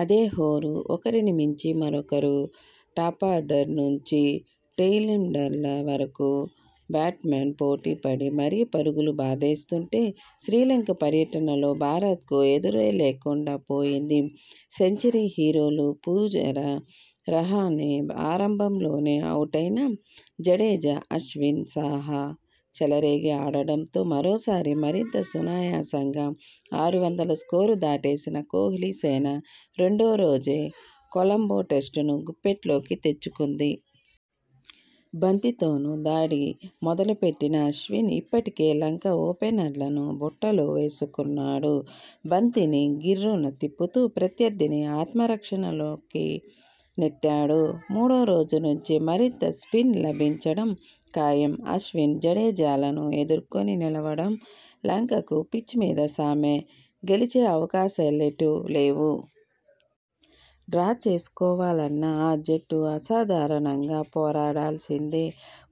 అదే హోరు..! ఒకరినిమించి మరొకరు టాపార్డర్ నుంచి టెయింలెండర్ల వరకూ బ్యాట్స్మెన్ పోటీ పడి మరీ పరుగులు బాదేస్తుంటే.. శ్రీలంక పర్యటనలో భారత్ కు ఎదురేలేకుండా పోయింది..! సెంచరీ హీరోలు పుజారా, రహానె ఆరంభంలోనేఅవుటైనా జడేజా, అశ్విన్, సాహా చెలరేగి ఆడడంతో మరోసారి మరింత సునాయాసంగా ఆరు వందల స్కోరు దాటేసిన కోహ్లీ సేన రెండో రోజే కొలంబో టెస్టును గుప్పిట్లోకి తెచ్చుకుంది..! బంతితోనూ దాడి మొదలు పెట్టిన అశ్విన్ ఇప్పటికే లంక ఓపెనర్లను బుట్టలో వేసుకున్నాడు..! బంతిని గిర్రున తిప్పుతూ ప్రత్యర్థిని ఆత్మరక్షణలోకి నెట్టాడు..! మూడో రోజు నుంచి మరింత స్పిన్ లభించడం ఖాయం..! అశ్విన్, జడేజాలను ఎదుర్కొని నిలవడం లంక కు 'పిచ్'మీద సామే..! గెలిచే అవకాశాలెటూ లేవు.. డ్రా చేసుకోవాలన్నా ఆ జట్టు అసాధారణంగా పోరాడిల్సిందే..!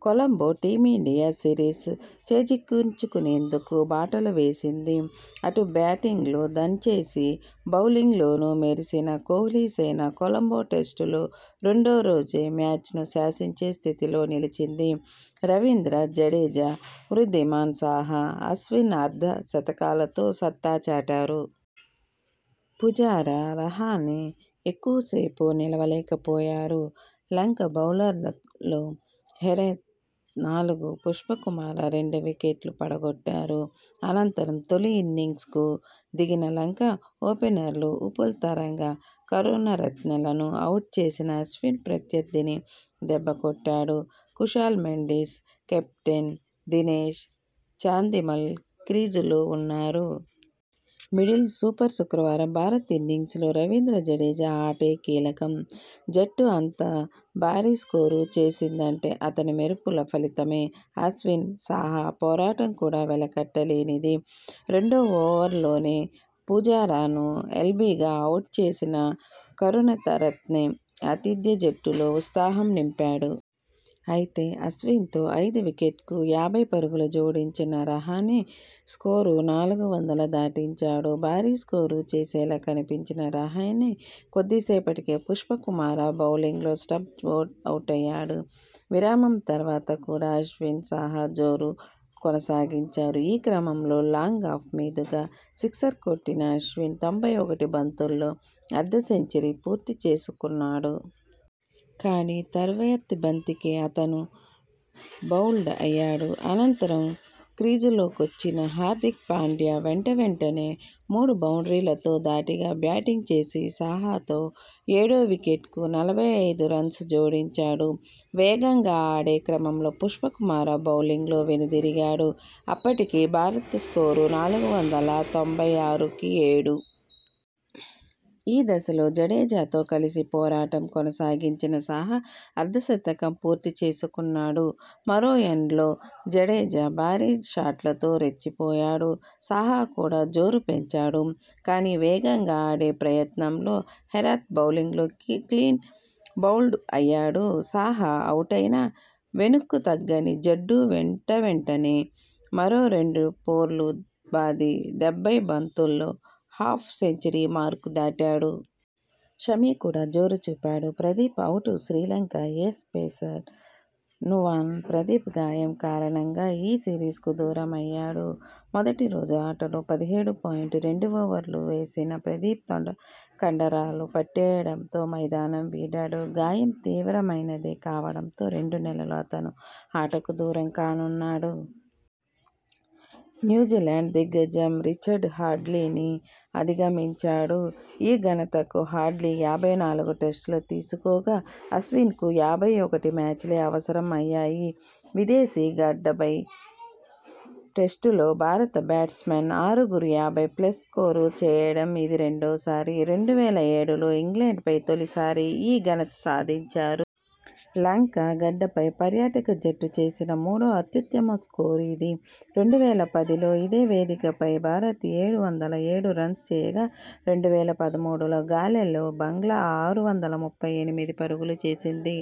కొలంబో టీమిండియా సిరీస్ చేజిక్కించుకునేందుకు బాటలు వేసింది. అటు బ్యాటింగ్లో దంచేసి బౌలింగ్లోనూ మెరిసిన కోహ్లీసేన కొలంబో టెస్టులో రెండో రోజే మ్యాచ్ను శాసించే స్థితిలో నిలిచింది. రవీంద్ర జడేజా, వృద్ధిమాన్ సాహా, అశ్విన్ అర్ధ శతకాలతో సత్తా చాటారు. పుజారా, రహానె ఎక్కువసేపు నిలువలేకపోయారు. లంక బౌలర్లలో హెరాత్ నాలుగు, పుష్పకుమార రెండు వికెట్లు పడగొట్టారు. అనంతరం తొలి ఇన్నింగ్స్ కు దిగిన లంక.. ఓపెనర్లు ఉపుల్ తరంగ, కరుణ రత్నె లను అవుట్ చేసిన అశ్విన్ ప్రత్యర్థిని దెబ్బకొట్టాడు. కుశాల్ మెండిస్, కెప్టెన్ దినేశ్ చాందిమల్ క్రీజులో ఉన్నారు. మిడిల్ సూపర్ శుక్రవారం భారత్ ఇన్నింగ్స్ లో రవీంద్ర జడేజా ఆటే కీలకం. జట్టు అంత భారీ స్కోరు చేసిందంటే అతని మెరుపుల ఫలితమే. అశ్విన్, సాహా పోరాటం కూడా వెలకట్టలేనిది. రెండో ఓవర్లోనే పుజారాను ఎల్బీగా అవుట్ చేసిన కరుణరత్నె ఆతిథ్య జట్టులో ఉత్సాహం నింపాడు. అయితే, అశ్విన్తో ఐదో వికెట్కు యాభై పరుగులు జోడించిన రహానె స్కోరు నాలుగు వందల దాటించాడు. భారీస్కోరు చేసేలా కనిపించిన రహానె కొద్దిసేపటికే పుష్పకుమార బౌలింగ్లో స్టంప్ ఔటయ్యాడు. విరామం తర్వాత కూడా అశ్విన్, సాహా జోరు కొనసాగించారు. ఈ క్రమంలో లాంగాఫ్ మీదుగా సిక్సర్ కొట్టిన అశ్విన్ తొంభై ఒకటి బంతుల్లో అర్ధ సెంచరీ పూర్తి చేసుకున్నాడు. కానీ, తర్వాతి బంతికే అతను బౌల్డ్ అయ్యాడు. అనంతరం క్రీజులోకొచ్చిన హార్దిక్ పాండ్యా వెంటవెంటనే మూడు బౌండ్రీలతో ధాటిగా బ్యాటింగ్ చేసి సాహాతో ఏడో వికెట్కు నలభై ఐదు రన్స్ జోడించాడు. వేగంగా ఆడే క్రమంలో పుష్పకుమార బౌలింగ్లో వెనుదిరిగాడు. అప్పటికి భారత్ స్కోరు నాలుగు వందల తొంభై ఆరు కి ఏడు. ఈ దశలో జడేజాతో కలిసి పోరాటం కొనసాగించిన సాహా అర్ధ శతకం పూర్తి చేసుకున్నాడు. మరో ఎండ్లో జడేజా భారీ షాట్లతో రెచ్చిపోయాడు. సాహా కూడా జోరు పెంచాడు. కానీ, వేగంగా ఆడే ప్రయత్నంలో హెరాత్ బౌలింగ్లో క్లీన్ బౌల్డ్ అయ్యాడు. సాహా అవుటైనా వెనక్కుతగ్గని జడ్డూ వెంటవెంటనే మరో రెండు ఫోర్లు బాది డెబ్బై బంతుల్లో హాఫ్ సెంచరీ మార్కు దాటాడు. షమి కూడా జోరు చూపాడు. ప్రదీప్ అవుట్ శ్రీలంక ఏస్ పేసర్ నువాన్ ప్రదీప్ గాయం కారణంగా ఈ సిరీస్కు దూరమయ్యాడు. మొద టిరోజు ఆటలో పదిహేడు పాయింట్ రెండు ఓవర్లు వేసిన ప్రదీప్ తొడకండరాలు పట్టేయడంతో మైదానం వీడాడు. గాయం తీవ్రమైనదే కావడంతో రెండు నెలలు అతను ఆటకు దూరంకానున్నాడు. న్యూజిలాండ్ దిగ్గజం రిచర్డ్ హాడ్లీని అధిగమించాడు. ఈ ఘనతకు హాడ్లీ యాభై నాలుగు టెస్టులు తీసుకోగా.. అశ్విన్కు యాభై ఒకటి మ్యాచ్లే అవసరం అయ్యాయి. విదేశీ గడ్డపై టెస్టులో భారత బ్యాట్స్మెన్ ఆరుగురు యాభై ప్లస్ స్కోరు చేయడం ఇది రెండోసారి. రెండు వేల ఏడులో ఇంగ్లండ్ పై తొలిసారి ఈ ఘనత సాధించారు. లంక గడ్డపై పర్యాటక జట్టు చేసిన మూడో అత్యుత్తమ స్కోరు ఇది. రెండు వేల పదిలో ఇదే వేదికపై భారత్ ఏడు వందల ఏడు రన్స్ చేయగా.. రెండు వేల పదమూడులో గాలెలో బంగ్లా ఆరు వందల ముప్పై ఎనిమిది పరుగులు చేసింది.